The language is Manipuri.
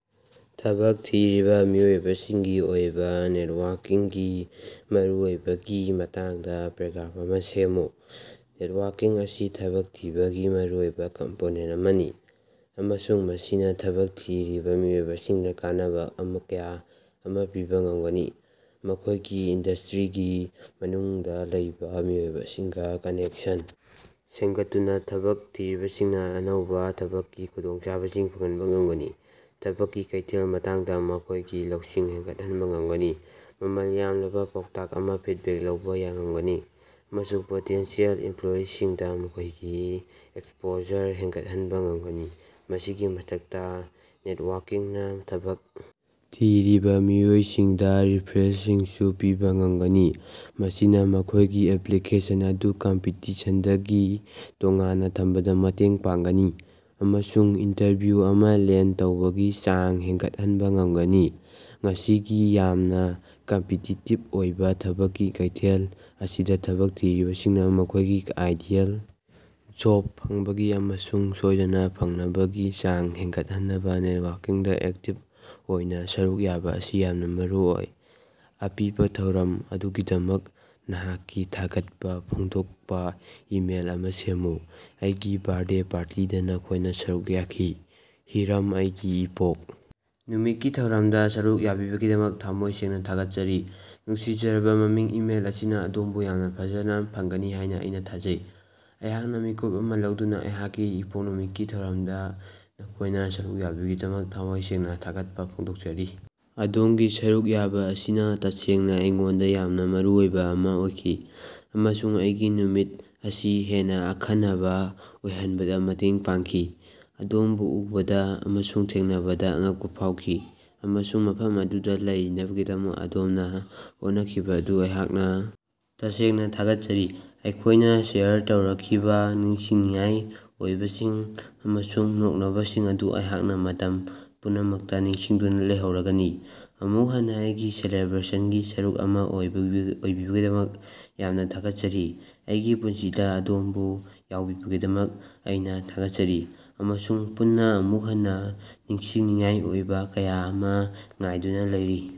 ꯊꯕꯛ ꯊꯤꯔꯤꯕ ꯃꯤꯑꯣꯏꯁꯤꯡꯒꯤ ꯑꯣꯏꯕ ꯅꯦꯠꯋꯥꯛꯀꯤꯡꯒꯤ ꯃꯔꯨꯑꯣꯏꯕꯒꯤ ꯃꯇꯥꯡꯗ ꯄꯦꯔꯥꯒ꯭ꯔꯥꯞ ꯑꯃ ꯁꯦꯝꯃꯨ꯫ ꯅꯦꯠꯋꯥꯛꯀꯤꯡ ꯑꯁꯤ ꯊꯕꯛ ꯊꯤꯕꯒꯤ ꯃꯔꯨꯑꯣꯏꯕ ꯀꯝꯄꯣꯅꯦꯟ ꯑꯃꯅꯤ ꯑꯃꯁꯨꯡ ꯃꯁꯤꯅ ꯊꯕꯛ ꯊꯤꯔꯤꯕ ꯃꯤꯑꯣꯏꯁꯤꯡꯗ ꯀꯥꯟꯅꯕ ꯀꯌꯥ ꯑꯃ ꯄꯤꯕ ꯉꯝꯒꯅꯤ꯫ ꯃꯈꯣꯏꯒꯤ ꯏꯟꯗꯁꯇꯔꯤꯒꯤ ꯃꯅꯨꯡꯗ ꯂꯩꯕ ꯃꯤꯑꯣꯏꯁꯤꯡꯒ ꯀꯅꯦꯛꯁꯟ ꯁꯦꯝꯒꯠꯇꯨꯅ ꯊꯕꯛ ꯊꯤꯔꯤꯕꯁꯤꯡꯅ ꯑꯅꯧꯕ ꯊꯕꯛꯀꯤ ꯈꯨꯗꯣꯡꯆꯥꯕꯁꯤꯡ ꯐꯪꯍꯟꯕ ꯉꯝꯒꯅꯤ ꯊꯕꯛꯀꯤ ꯀꯩꯊꯦꯜꯒꯤ ꯃꯇꯥꯡꯗ ꯃꯈꯣꯏꯒꯤ ꯂꯧꯁꯤꯡ ꯍꯦꯟꯒꯠꯍꯟꯕ ꯉꯝꯒꯅꯤ ꯃꯃꯜ ꯌꯥꯝꯂꯕ ꯄꯥꯎꯇꯥꯛ ꯑꯃ ꯐꯤꯠꯕꯦꯛ ꯂꯧꯕ ꯉꯝꯒꯅꯤ ꯑꯃꯁꯨꯡ ꯄꯣꯇꯦꯟꯁꯤꯌꯦꯜ ꯏꯝꯄꯂꯣꯌꯔꯁꯤꯡꯗ ꯃꯈꯣꯏꯒꯤ ꯑꯦꯛꯁꯄꯣꯖꯔ ꯍꯦꯟꯒꯠꯍꯟꯕ ꯉꯝꯒꯅꯤ꯫ ꯃꯁꯤꯒꯤ ꯃꯊꯛꯇ ꯅꯦꯇꯋꯥꯛꯀꯤꯡꯅ ꯊꯕꯛ ꯊꯤꯔꯤꯕ ꯃꯤꯑꯣꯏꯁꯤꯡꯗ ꯔꯤꯐꯔꯦꯜꯁꯤꯡꯁꯨ ꯄꯤꯕ ꯉꯝꯒꯅꯤ ꯃꯁꯤꯅ ꯃꯈꯣꯏꯒꯤ ꯑꯦꯞꯂꯤꯀꯦꯁꯟ ꯑꯗꯨ ꯀꯝꯄꯤꯇꯤꯁꯟꯗꯒꯤ ꯇꯣꯉꯥꯟꯅ ꯊꯝꯕꯗ ꯃꯇꯦꯡ ꯄꯥꯡꯒꯅꯤ ꯑꯃꯁꯨꯡ ꯏꯟꯇꯔꯚꯤꯌꯨ ꯑꯃ ꯂꯦꯟ ꯇꯧꯕꯒꯤ ꯆꯥꯡ ꯍꯦꯟꯒꯠꯍꯟꯕ ꯉꯝꯒꯅꯤ꯫ ꯉꯁꯤꯒꯤ ꯌꯥꯝꯅꯥ ꯀꯝꯄꯤꯇꯤꯇꯤꯞ ꯑꯣꯏꯕ ꯊꯕꯛꯀꯤ ꯀꯩꯊꯦꯜ ꯑꯁꯤꯗ ꯊꯕꯛ ꯊꯤꯔꯤꯕꯁꯤꯡꯅ ꯃꯈꯣꯏꯒꯤ ꯑꯥꯏꯗꯤꯌꯦꯜ ꯖꯣꯕ ꯐꯪꯕꯒꯤ ꯑꯃꯁꯨꯡ ꯁꯣꯏꯗꯅ ꯐꯪꯅꯕꯒꯤ ꯆꯥꯡ ꯍꯦꯟꯒꯠꯍꯟꯅꯕ ꯅꯦꯠꯋꯛꯀꯤꯡꯗ ꯑꯦꯛꯇꯤꯞ ꯑꯣꯏꯅ ꯁꯔꯨꯛ ꯌꯥꯕ ꯑꯁꯤ ꯌꯥꯝꯅ ꯃꯔꯨꯑꯣꯏ꯫ ꯑꯄꯤꯕ ꯊꯧꯔꯝ ꯑꯗꯨꯒꯤꯗꯃꯛ ꯅꯍꯥꯛꯀꯤ ꯊꯥꯒꯠꯄ ꯐꯣꯡꯗꯣꯛꯄ ꯏꯃꯦꯜ ꯑꯃ ꯁꯦꯝꯃꯨ꯫ ꯑꯩꯒꯤ ꯕꯔꯠꯗꯦ ꯄꯥꯔꯇꯤꯗ ꯅꯈꯣꯏꯅ ꯁꯔꯨꯛ ꯌꯥꯈꯤ꯫ ꯍꯤꯔꯝ ꯑꯩꯒꯤ ꯏꯄꯣꯛ ꯅꯨꯃꯤꯠꯀꯤ ꯊꯧꯔꯝꯗ ꯁꯔꯨꯛ ꯌꯥꯕꯤꯕꯒꯤꯗꯃꯛ ꯊꯝꯃꯣꯏ ꯁꯦꯡꯅ ꯊꯥꯒꯠꯆꯔꯤ ꯅꯨꯡꯁꯤꯖꯔꯕ ꯃꯃꯤꯡ ꯏꯃꯦꯜ ꯑꯁꯤꯅ ꯑꯗꯣꯝꯕꯨ ꯌꯥꯝꯅ ꯐꯖꯅ ꯐꯪꯒꯅꯤ ꯍꯥꯏꯅ ꯑꯩꯅ ꯊꯥꯖꯩ꯫ ꯑꯩꯍꯥꯛꯅ ꯃꯤꯀꯨꯞ ꯑꯃ ꯂꯧꯗꯨꯅ ꯑꯩꯍꯥꯛꯀꯤ ꯏꯄꯣꯛ ꯅꯨꯃꯤꯠꯀꯤ ꯊꯧꯔꯝꯗ ꯅꯈꯣꯏꯅ ꯁꯔꯨꯛ ꯌꯥꯕꯤꯕꯒꯤꯗꯃꯛ ꯊꯃꯣꯏ ꯁꯦꯡꯅ ꯊꯥꯒꯠꯄ ꯐꯣꯡꯗꯣꯛꯆꯔꯤ꯫ ꯑꯗꯣꯝꯒꯤ ꯁꯔꯨꯛ ꯌꯥꯕ ꯑꯁꯤꯅ ꯇꯁꯦꯡꯅ ꯑꯩꯉꯣꯟꯗ ꯌꯥꯝꯅ ꯃꯔꯨꯑꯣꯏꯕ ꯑꯃ ꯑꯣꯏꯈꯤ ꯑꯃꯁꯨꯡ ꯑꯩꯒꯤ ꯅꯨꯃꯤꯠ ꯑꯁꯤ ꯍꯦꯟꯅ ꯑꯈꯟꯅꯕ ꯑꯣꯏꯍꯟꯕꯗ ꯃꯇꯦꯡ ꯄꯥꯡꯈꯤ꯫ ꯑꯗꯣꯝꯕꯨ ꯎꯕꯗ ꯑꯃꯁꯨꯡ ꯊꯦꯡꯅꯕꯗ ꯑꯉꯛꯄ ꯐꯥꯎꯈꯤ ꯑꯃꯁꯨꯡ ꯃꯐꯝ ꯑꯗꯨꯗ ꯂꯩꯅꯕꯒꯤꯗꯃꯛ ꯑꯗꯣꯝꯅ ꯍꯣꯠꯅꯈꯤꯕ ꯑꯗꯨ ꯑꯩꯍꯥꯛꯅ ꯇꯁꯦꯡꯅ ꯊꯥꯒꯠꯆꯔꯤ꯫ ꯑꯩꯈꯣꯏꯅ ꯁꯦꯌꯔ ꯇꯧꯔꯛꯈꯤꯕ ꯅꯤꯡꯁꯤꯡꯅꯤꯡꯉꯥꯏ ꯑꯣꯏꯕꯁꯤꯡ ꯑꯃꯁꯨꯡ ꯅꯣꯛꯅꯕꯁꯤꯡ ꯑꯗꯨ ꯑꯩꯍꯥꯛꯅ ꯃꯇꯝ ꯄꯨꯝꯅꯃꯛꯇ ꯅꯤꯡꯁꯤꯡꯗꯨꯅ ꯂꯩꯍꯧꯔꯒꯅꯤ꯫ ꯑꯃꯨꯛ ꯍꯟꯅ ꯑꯩꯒꯤ ꯁꯦꯂꯦꯕꯔꯦꯁꯟꯒꯤ ꯁꯔꯨꯛ ꯑꯃ ꯑꯣꯏꯕꯤꯕꯒꯤꯗꯃꯛ ꯌꯥꯝꯅ ꯊꯥꯒꯠꯆꯔꯤ꯫ ꯑꯩꯒꯤ ꯄꯨꯟꯁꯤꯗ ꯑꯗꯣꯝꯕꯨ ꯌꯥꯎꯕꯤꯕꯒꯤꯗꯃꯛ ꯑꯩꯅ ꯊꯥꯒꯠꯆꯔꯤ ꯑꯃꯁꯨꯡ ꯄꯨꯟꯅ ꯑꯃꯨꯛ ꯍꯟꯅ ꯅꯤꯡꯁꯤꯡꯅꯤꯡꯉꯥꯏ ꯑꯣꯏꯕ ꯀꯌꯥ ꯑꯃ ꯉꯥꯏꯗꯨꯅ ꯂꯩꯔꯤ꯫